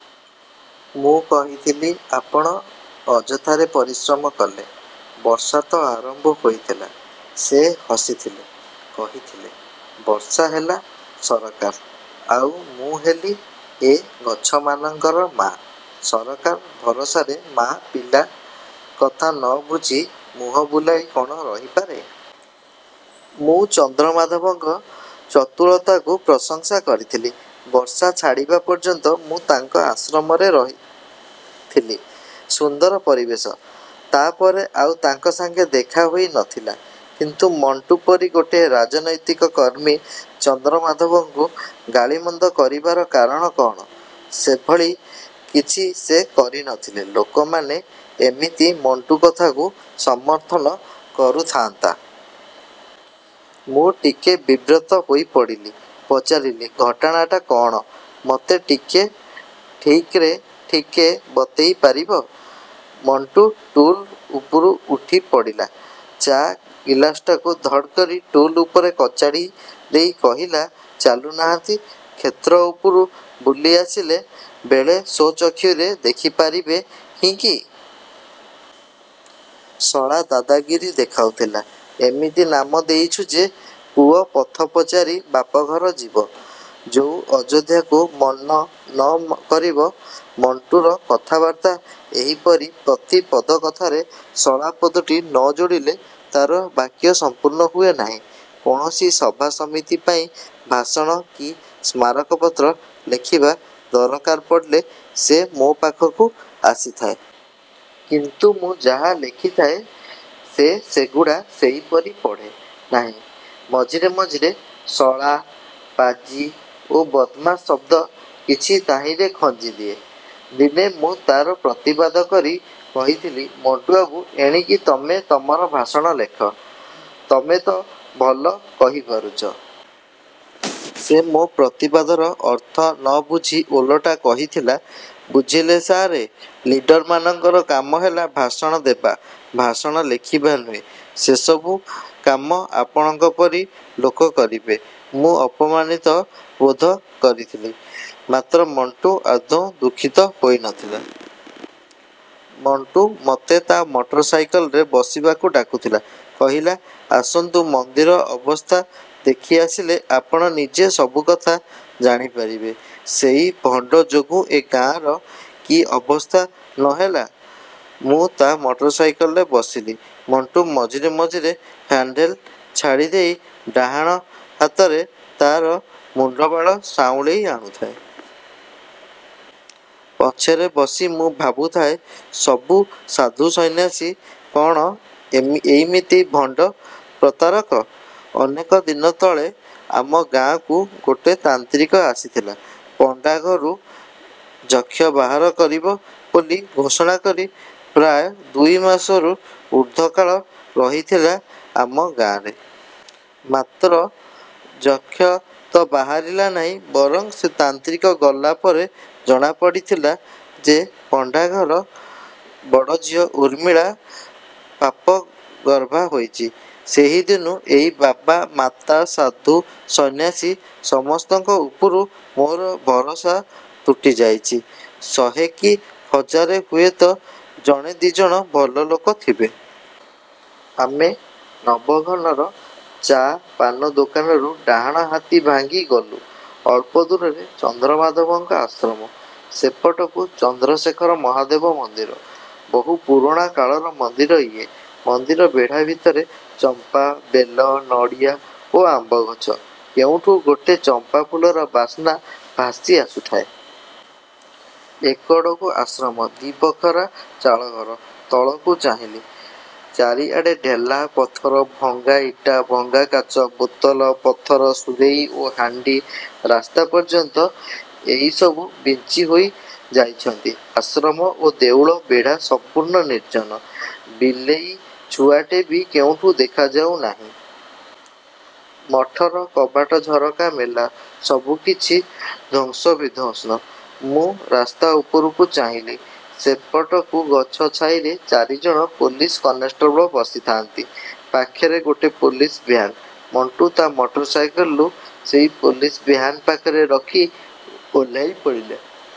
ମୁଁ କହିଥିଲି, "ଆପଣ ଅଯଥାରେ ପରିଶ୍ରମ କଲେ। ବର୍ଷା ତ ଆରମ୍ଭ ହୋଇଗଲା।" ସେ ହସିଥିଲେ। କହିଥିଲେ, "ବର୍ଷା ହେଲା ସରକାର, ଆଉ ମୁଁ ହେଲି ଏ ଗଛମାନଙ୍କର ମା'। ସରକାରଙ୍କ ଭରସାରେ ମା' ପିଲା କଥା ନ ବୁଝି ମୁହଁ ବୁଲେଇ କ'ଣ ରହିପାରେ!" ମୁଁ ଚନ୍ଦ୍ରମାଧବଙ୍କ ଚଟୁଳତାକୁ ପ୍ରଶଂସା କରିଥିଲି। ବର୍ଷା ଛାଡ଼ିବା ପର୍ଯ୍ୟନ୍ତ ମୁଁ ତାଙ୍କ ଆଶ୍ରମରେ ଥିଲି। ସୁନ୍ଦର ପରିବେଶ। ତା'ପରେ ଆଉ ତାଙ୍କ ସାଙ୍ଗେ ଦେଖା ହୋଇ ନଥିଲା। କିନ୍ତୁ ମଣ୍ଟୁ ପରି ଗୋଟେ ରାଜନୈତିକ କର୍ମୀ ଚନ୍ଦ୍ରମାଧବଙ୍କୁ ଗାଳିମନ୍ଦ କରିବାର କାରଣ କ'ଣ? ସେଭଳି କିଛି ସେ କରିନଥିଲେ ଲୋକମାନେ କେମିତି ମଣ୍ଟୁ କଥାକୁ ସମର୍ଥନ କରୁଥାଆନ୍ତା! ମୁଁ ଟିକେ ବିବ୍ରତ ହୋଇ ପଡ଼ିଲି। ପଚାରିଲି, "ଘଟଣାଟା କ'ଣ ମୋତେ ଟିକେ ଠିକେ ଠିକେ ବତେଇ ପାରିବ?" ମଣ୍ଟୁ ଟୁଲ୍ ଉପରୁ ଉଠି ପଡ଼ିଲା। ଚା' ଗିଲାସଟିକୁ ଧଡ଼୍ କରି ଟୁଲ୍ ଉପରେ କଚାଡ଼ି ଦେଇ କହିଲା, "ଚାଲୁନାହାନ୍ତି, କ୍ଷେତ୍ର ଉପରୁ ବୁଲି ଆସିଲେ ବଳେ ସ୍ୱଚକ୍ଷୁରେ ଦେଖି ପାରିବେ ନାହିଁ କି! ଶଳା ଦାଦାଗିରି ଦେଖାଉଥିଲା। ଇମିତି ନାମ ଦେଇଛୁ ଯେ ପୁଅ ପଥ ପଚାରି ବାପଘର ଯିବ, ଆଉ ଅଯୋଧ୍ୟାକୁ ମନ ନ କରିବ।" ମଣ୍ଟୁର କଥାବାର୍ତ୍ତା ଏହିପରି। ପ୍ରତି ପଦ କଥାରେ 'ଶଳା' ପଦଟି ନ ଯୋଡ଼ିଲେ ତା'ର ବାକ୍ୟ ସମ୍ପୂର୍ଣ୍ଣ ହୁଏ ନାହିଁ। କୌଣସି ସଭା ସମିତି ପାଇଁ ଭାଷଣ କି ସ୍ମାରକପତ୍ର ଲେଖିବା ଦରକାର ପଡ଼ିଲେ ସେ ମୋ ପାଖକୁ ଆସିଥାଏ। କିନ୍ତୁ ମୁଁ ଯାହା ଲେଖିଥାଏ, ସେ ସେଗୁଡ଼ା ସେଇପରି ପଢ଼େ ନାହିଁ। ମଝିରେ ମଝିରେ ଶଳା, ପାଜି ଓ ବଦ୍‌ମାସ ଶବ୍ଦ କିଛି ତହିଁରେ ଖଞ୍ଜି ଦିଏ। ଦିନେ ମୁଁ ତା'ର ପ୍ରତିବାଦ କରି କହିଥିଲି, "ମଣ୍ଟୁବାବୁ! ଏଣିକି ତମେ ତମର ଭାଷଣ ଲେଖ। ତମେ ତ ଭଲ କହି ପାରୁଛ।" ସେ ମୋ ପ୍ରତିବାଦର ଅର୍ଥ ନ ବୁଝି ଓଲଟା କହିଥିଲା, "ବୁଝିଲେ ସାଆରେ! ଲିଡର୍‌ମାନଙ୍କ କାମ ହେଲା ଭାଷଣ ଦେବା, ଭାଷଣ ଲେଖିବା ନୁହେଁ। ସେସବୁ କାମ ଆପଣଙ୍କ ପରି ଲୋକ କରିବେ।" ମୁଁ ଅପମାନିତ ବୋଧ କରିଥିଲି। ମାତ୍ର ମଣ୍ଟୁ ଆଦୌ ଦୁଃଖିତ ହୋଇ ନଥିଲା। ମଣ୍ଟୁ ମୋତେ ତା' ମଟରସାଇକେଲ୍‌ରେ ବସିବାକୁ ଡାକୁଥିଲା। କହିଲା, "ଆସନ୍ତୁ, ମନ୍ଦିର ଅବସ୍ଥା ଦେଖି ଆସିଲେ ଆପଣ ନିଜେ ସବୁ କଥା ଜାଣି ପାରିବେ। ସେଇ ଭଣ୍ଡ ଯୋଗୁ ଏ ଗାଁର କି ଅବସ୍ଥା ନ ହେଲା...!" ମୁଁ ତା' ମଟରସାଇକେଲ୍‌ରେ ବସିଲି। ମଣ୍ଟୁ ମଝିରେ ମଝିରେ ହ୍ୟାଣ୍ଡଲ୍ ଛାଡ଼ି ଦେଇ ଡାହାଣ ହାତରେ ତା' ମୁଣ୍ଡବାଳ ସାଉଁଳେଇ ଆଣୁଥାଏ। ପଛରେ ବସି ମୁଁ ଭାବୁଥାଏ, ସବୁ ସାଧୁ ସନ୍ନ୍ୟାସୀ କ'ଣ ଏଇମିତି ଭଣ୍ଡ, ପ୍ରତାରକ? ଅନେକ ଦିନ ତଳେ ଆମ ଗାଁକୁ ଗୋଟେ ତାନ୍ତ୍ରିକ ଆସିଥିଲା। ପଣ୍ଡା ଘରୁ ଯକ୍ଷ ବାହାର କରିବ ବୋଲି ଘୋଷଣା କରି ପ୍ରାୟ ଦୁଇ ମାସରୁ ଊର୍ଦ୍ଧ୍ୱ କାଳ ରହିଥିଲା ଆମ ଗାଁରେ। ମାତ୍ର ଯକ୍ଷ ତ ବାହାରିଲା ନାହିଁ, ବରଂ ସେ ତାନ୍ତ୍ରିକ ଗଲା ପରେ ଜଣା ପଡ଼ିଥିଲା ଯେ ପଣ୍ଡାଘର ବଡ଼ଝିଅ ଉର୍ମିଳା ପାପଗର୍ଭା ହୋଇଛି। ସେଇଦିନୁ ଏଇ ବାବା, ମାତା, ସାଧୁ, ସନ୍ନ୍ୟାସୀ ସମସ୍ତଙ୍କ ଉପରୁ ମୋର ଭରସା ତୁଟି ଯାଇଛି। ଶହେ କି ହଜାରରେ ହୁଏତ ଜଣେ ଦି'ଜଣ ଭଲ ଲୋକ ଥିବେ। ଆମେ ନବଘନର ଚା'-ପାନ ଦୋକାନରୁ ଡାହାଣହାତି ଭାଙ୍ଗି ଗଲୁ। ଅଳ୍ପ ଦୂରରେ ଚନ୍ଦ୍ରମାଧବଙ୍କ ଆଶ୍ରମ। ସେପଟକୁ ଚନ୍ଦ୍ରଶେଖର ମହାଦେବ ମନ୍ଦିର। ବହୁ ପୁରୁଣା କାଳର ମନ୍ଦିର ଇଏ। ମନ୍ଦିର ବେଢ଼ା ଭିତରେ ଚମ୍ପା, ବେଲ, ନଡ଼ିଆ ଓ ଆମ୍ବଗଛ। କୋଉଠୁ ଗୋଟେ ଚମ୍ପାଫୁଲର ବାସ୍ନା ଭାସି ଆସୁଥାଏ। ଏ କଡ଼କୁ ଆଶ୍ରମ। ଦି'ବଖରା ଚାଳଘର। ତଳକୁ ଚାହିଁଲି। ଚାରିଆଡ଼େ ଢେଲା, ପଥର, ଭଙ୍ଗା ଇଟା, ଭଙ୍ଗା କାଚ ବୋତଲ, ପଥର, ସୁରେଇ ଓ ହାଣ୍ଡି। ରାସ୍ତା ପର୍ଯ୍ୟନ୍ତ ଏଇ ସବୁ ବିଞ୍ଚି ହୋଇ ଯାଇଛନ୍ତି। ଆଶ୍ରମ ଓ ଦେଉଳ ବେଢ଼ା ସମ୍ପୂର୍ଣ୍ଣ ନିର୍ଜନ। ବିଲେଇଛୁଆଟେ ବି କୋଉଠି ଦେଖା ଯାଉନାହିଁ। ମଠର କବାଟ ଝରକା ମେଲା। ସବୁକିଛି ଧ୍ୱସ୍ତବିଧ୍ୱସ୍ତ। ମୁଁ ରାସ୍ତା ଉପରକୁ ଚାହିଁଲି। ସେପଟକୁ ଗଛ ଛାଇରେ ଚାରିଜଣ ପୋଲିସ କନେଷ୍ଟବଳ ବସିଥାନ୍ତି। ପାଖରେ ଗୋଟେ ପୋଲିସ ଭ୍ୟାନ୍। ମଣ୍ଟୁ ତା' ମଟରସାଇକେଲ୍‌ଟିକୁ ସେଇ ପୋଲିସ ଭ୍ୟାନ୍ ପାଖରେ ରଖି ଓହ୍ଲେଇ ପଡ଼ିଲା।